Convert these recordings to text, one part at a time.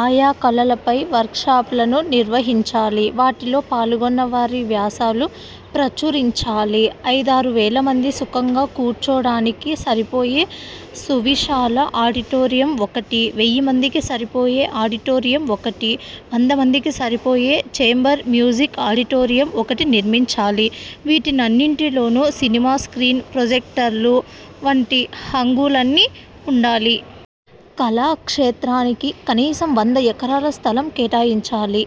ఆయా కళలపై వర్క్షాప్లను నిర్వహించాలి. వాటిలో పాల్గొన్నవారి వ్యాసాలు ప్రచురించాలి. ఐదారు వేలమంది సుఖంగా కూర్చోడానికి సరిపోయే సువిశాల ఆడిటోరియం ఒకటి, వెయ్యి మందికి సరిపోయే ఆడిటోరియం ఒకటి, వందమందికి సరిపోయే ఛేంబర్ మ్యూజిక్ ఆడిటోరియం ఒకటి నిర్మించాలి. వీటన్నింటిలోనూ సినిమా స్ర్కీన్, ప్రొజెక్టర్లు వంటి హంగులన్నీ ఉండాలి. కళాక్షేత్రానికి కనీసం వంద ఎకరాల స్థలం కేటాయించాలి.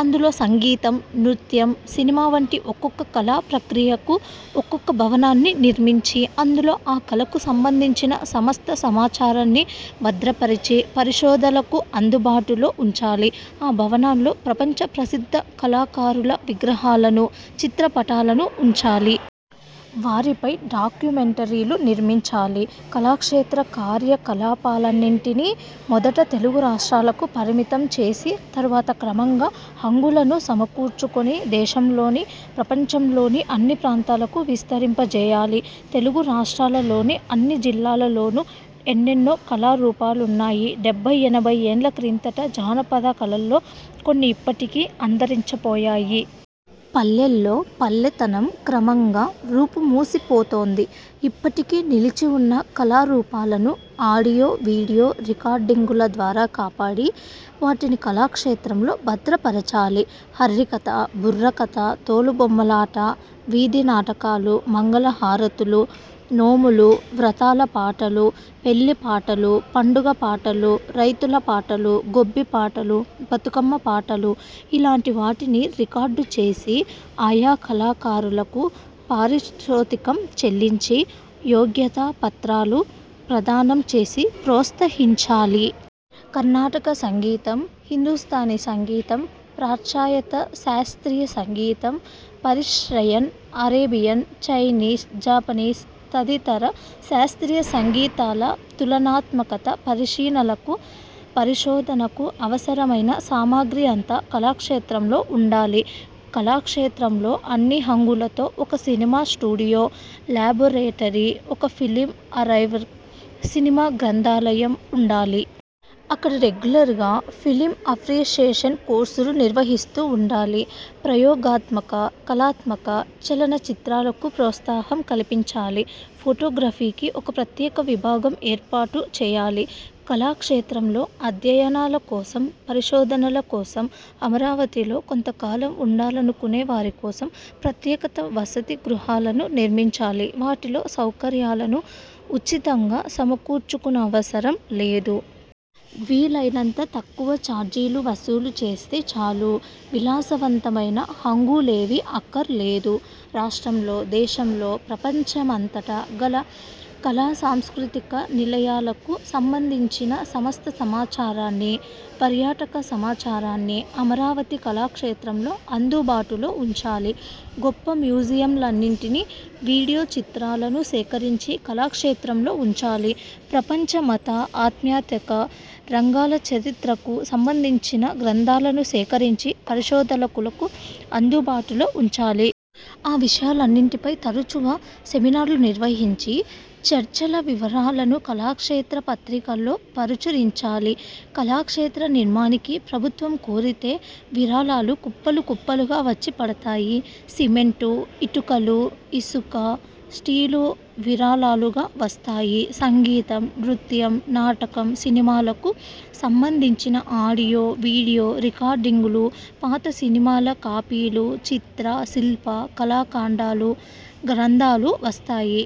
అందులో సంగీతం, నృత్యం, సినిమా వంటి ఒక్కొక్క కళా ప్రక్రియకు ఒక్కొక్క భవనాన్ని నిర్మించి, అందులో ఆ కళకు సంబంధించిన సమస్త సమాచారాన్ని భద్రపరచి పరిశోధకులకు అందుబాటులో ఉంచాలి. ఆ భవనాలలో ప్రపంచ ప్రసిద్థ కళాకారుల విగ్రహాలను, చిత్రపటాలను ఉంచాలి. వారిపై డాక్యుమెంటరీలు నిర్మించాలి. కళాక్షేత్ర కార్యకలాపాలన్నింటినీ మొదట తెలుగు రాష్ర్టాలకు పరిమితం చేసి, తర్వాత క్రమంగా హంగులను సమకూర్చుకొని, దేశంలోని, ప్రపంచంలోని అన్ని ప్రాంతాలకు విస్తరింపజేయాలి. తెలుగు రాష్ర్టాలలోని అన్ని జిల్లాలలోనూ ఎన్నెన్నో కళారూపాలున్నాయి. డెబ్భయ్, ఎనభై యేళ్ళ క్రిందటి జానపద కళలలో కొన్ని ఇప్పటికే అంతరించిపోయాయి. పల్లెల్లో 'పల్లెతనం' క్రమంగా రూపుమాసిపోతోంది. ఇప్పటికీ నిలిచి ఉన్న కళారూపాలను ఆడియో–వీడియో రికార్డింగుల ద్వారా కాపాడి, వాటిని కళాక్షేత్రంలో భద్రపరచాలి. హరికథ, బుర్రకథ, తోలుబొమ్మలాట, వీధినాటకాలు, మంగళహారతులు, నోములు–వ్రతాల పాటలు, పెళ్ళిపాటలు, పండగల పాటలు, రైతుల పాటలు, గొబ్బి పాటలు, బతకమ్మ పాటలు – ఇలాంటి వాటిని రికార్డు చేసి, ఆయా కళాకారులకు పారితోషికం చెల్లించి, యోగ్యతా పత్రాలు ప్రదానం చేసి ప్రోత్సహించాలి. కర్ణాటక సంగీతం, హిందుస్థానీ సంగీతం, పాశ్చాత్య శాస్ర్తీయ సంగీతం, పర్షియన్, అరేబియన్, చైనీస్, జాపనీస్, తదితర శాస్ర్తీయ సంగీతాల తులనాత్మక పరిశీలనకు, పరిశోధనకు అవసరమైన సామగ్రి అంతా కళాక్షేత్రంలో ఉండాలి. కళాక్షేత్రంలో అన్ని హంగులతో ఒక సినిమా స్టూడియో, లాబొరేటరీ, ఒక ఫిల్మ్ ఆర్కైవ్, సినిమా గ్రంథాలయం ఉండాలి. అక్కడ రెగ్యులర్గా ఫిల్మ్అప్రీసియేషన్ కోర్సులు నిర్వహిస్తూ ఉండాలి. ప్రయోగాత్మక, కళాత్మక చలన చిత్రాలకు ప్రోత్సాహం కల్పించాలి. ఫొటోగ్రఫీకి ఒక ప్రత్యేక విభాగం ఏర్పాటు చేయాలి. కళాక్షేత్రంలో అధ్యయనాల కోసం, పరిశోధనల కోసం అమరావతిలో కొంత కాలం ఉండాలనుకొనే వారికోసం ప్రత్యేక వసతి గృహాలను నిర్మించాలి. వాటిలో సౌకర్యాలను ఉచితంగా సమకూర్చనవసరం లేదు. వీలైనంత తక్కువ ఛార్జీలు వసూలు చేస్తే చాలు. విలాసవంతమైన హంగులేవీ అక్కర్లేదు. రాష్ట్రంలో, దేశంలో, ప్రపంచమంతటా గల కళా సాంస్కృతిక నిలయాలకు సంబంధించిన సమస్త సమాచారాన్ని, పర్యాటక సమాచారాన్ని అమరావతి కళాక్షేత్రంలో అందుబాటులోఉంచాలి. గొప్ప మ్యూజియంలన్నింటి వీడియో చిత్రాలను సేకరించి కళాక్షేత్రంలో ఉంచాలి. ప్రపంచ మత, ఆధ్యాత్మిక రంగాల చరిత్రకు సంబంధించిన గ్రంథాలను సేకరించి పరిశోధకులకు అందుబాటులో ఉంచాలి. ఆ విషయాలన్నింటిపై తరచుగా సెమినార్లు నిర్వహించి, చర్చల వివరాలను కళాక్షేత్ర పత్రికలో ప్రచురించాలి. కళాక్షేత్ర నిర్మాణానికి ప్రభుత్వం కోరితే విరాళాలు కుప్పలు కుప్పలుగా వచ్చి పడతాయి. సిమెంటు, ఇటుకలు, ఇసుక, స్టీలు విరాళాలుగా వస్తాయి. సంగీతం, నృత్యం, నాటకం, సినిమాలకు సంబంధించిన ఆడియో, వీడియో రికార్డింగులు, పాత సినిమాల కాపీలు, చిత్ర, శిల్ప కళాఖండాలు, గ్రంథాలు వస్తాయి.